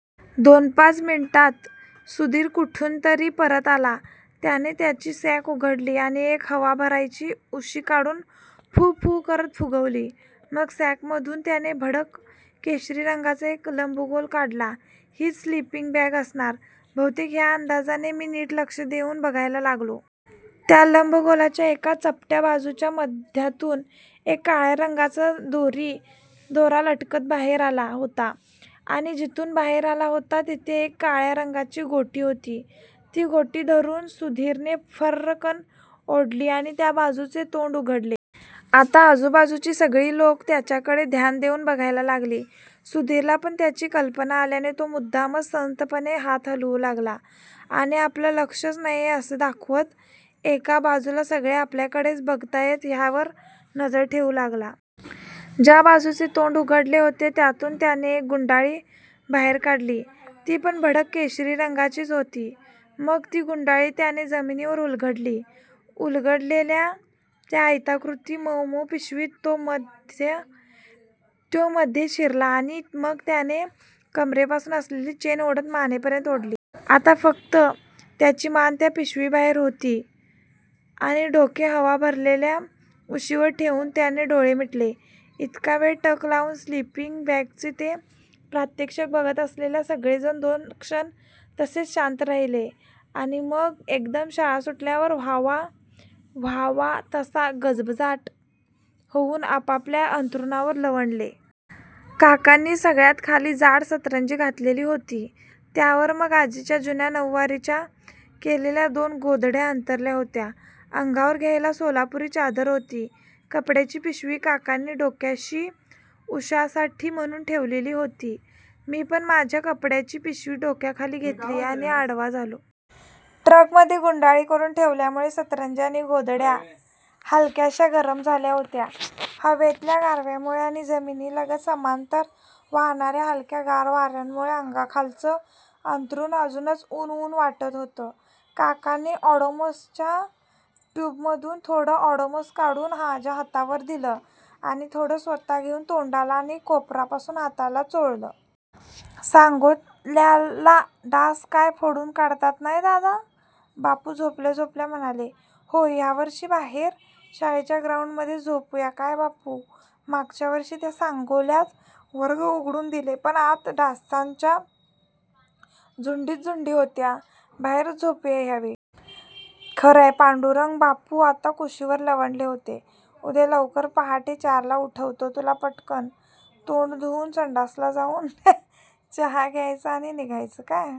दोनपाच मिनिटात सुधीर कुठुनतरी परत आला. त्याने त्याची सॅक उघडली आणि एक हवा भरायची उशी काढून फू-फू करत फुगवली. मग सॅकमधून त्याने भडक केशरी रंगाचा एक लंबगोल काढला. हीच स्लीपिंग बॅग असणार बहुतेक ह्या अंदाजाने मी नीट लक्ष देउन बघायला लागलो. त्या लंबगोलाच्या एका चपट्या बाजूच्या मध्यातून एक काळ्या रंगाचा दोरा लटकत बाहेर आला होता आणि जिथून बाहेर आला होता तिथे एक काळ्या रंगाची गोटी होती. ती गोटी धरुन सुधीरने फर्रकन् ओढली आणि त्या बाजूचे तोंड उघडले. आता आजूबाजूची सगळी लोकं त्याच्याकडे ध्यान देउन बघायला लागली. सुधिरला पण त्याची कल्पना आल्याने तो मुद्दामच संथपणे हात हलवू लागला आणि आपलं लक्षच नाहिये असं दाखवत एका बाजूला सगळे आपल्याकडेच बघताहेत ह्यावर नजर ठेवू लागला. ज्या बाजूचे तोंड उघडले होते त्यातून त्याने एक गुंडाळी बाहेर काढली ती पण भडक केशरी रंगाचीच होती. मग ती गुंडाळी त्याने जमिनीवर उलगडली. उलगडलेल्या त्या आयताकृती मउमउ पिशवीत तो मध्ये शिरला आणि मग त्याने कमरेपासून असलेली चेन ओढत मानेपर्यंत ओढली. आता फक्त त्याची मान त्या पिशवीबाहेर होती आणि डोके हवा भरलेल्या उशीवर ठेवून त्याने डोळे मिटले. इतका वेळ टक लावून स्लिपींग बॅगचे ते प्रात्यक्षिक बघत असलेले सगळेजण दोन क्षण तसेच शांत राहिले आणि मग एकदम शाळा सुटल्यावर व्हावा तसा गजबजाट होउन आपापल्या अंथरुणांवर लवंडले. काकांनी सगळ्यात खाली जाड सतरंजी घातलेली होती. त्यावर मग आजीच्या जुन्या नउवारीच्या केलेल्या दोन गोधड्या अंथरल्या होत्या. अंगावर घ्यायला सोलापुरी चादर होती. कपड्याची पिशवी काकांनी डोक्याशी उश्यासाठी म्हणुन ठेवलेली होती. मी पण माझ्या कपड्याची पिशवी डोक्याखाली घेतली आणि आडवा झालो. ट्रकमध्ये गुंडाळी करुन ठेवल्यामुळे सतरंजी आणि गोधड्या हलक्याश्या गरम झाल्या होत्या. हवेतल्या गारव्यामुळे आणि जमिनीलगत समांतर वाहणार्या हलक्या गार वार्यामुळे अंगाखालचं अंथरुण अजूनच उन-उन वाटत होतं. काकांनी ओडोमॉसच्या ट्युबमधून थोडं ओडोमॉस काढून माझ्या हातावर दिलं आणि थोडं स्वत: घेउन तोंडाला आणि कोपरापासून हाताला चोळलं. सांगोल्याला डास काय फोडून काढतात न्हाय दादा, बापू झोपल्या झोपल्या म्हणाले. होय, ह्यावर्षी बाहेर शाळेच्या ग्राउंडमध्येच झोपुया, काय बापू. मागच्या वर्षी त्या सांगोल्यात वर्ग उघडून दिले पण आत डासांच्या झुंडीच झुंडी होत्या. बाहेरच झोपुया ह्या वेळी. खरय. पांडुरंग. बापू आता कुशीवर लवंडले होते. उद्या लवकर पहाटे चारला उठवतो तुला. पटकन तोंड धुउन, संडासला जावून, चहा घ्यायचा आणि निघायचं, काय.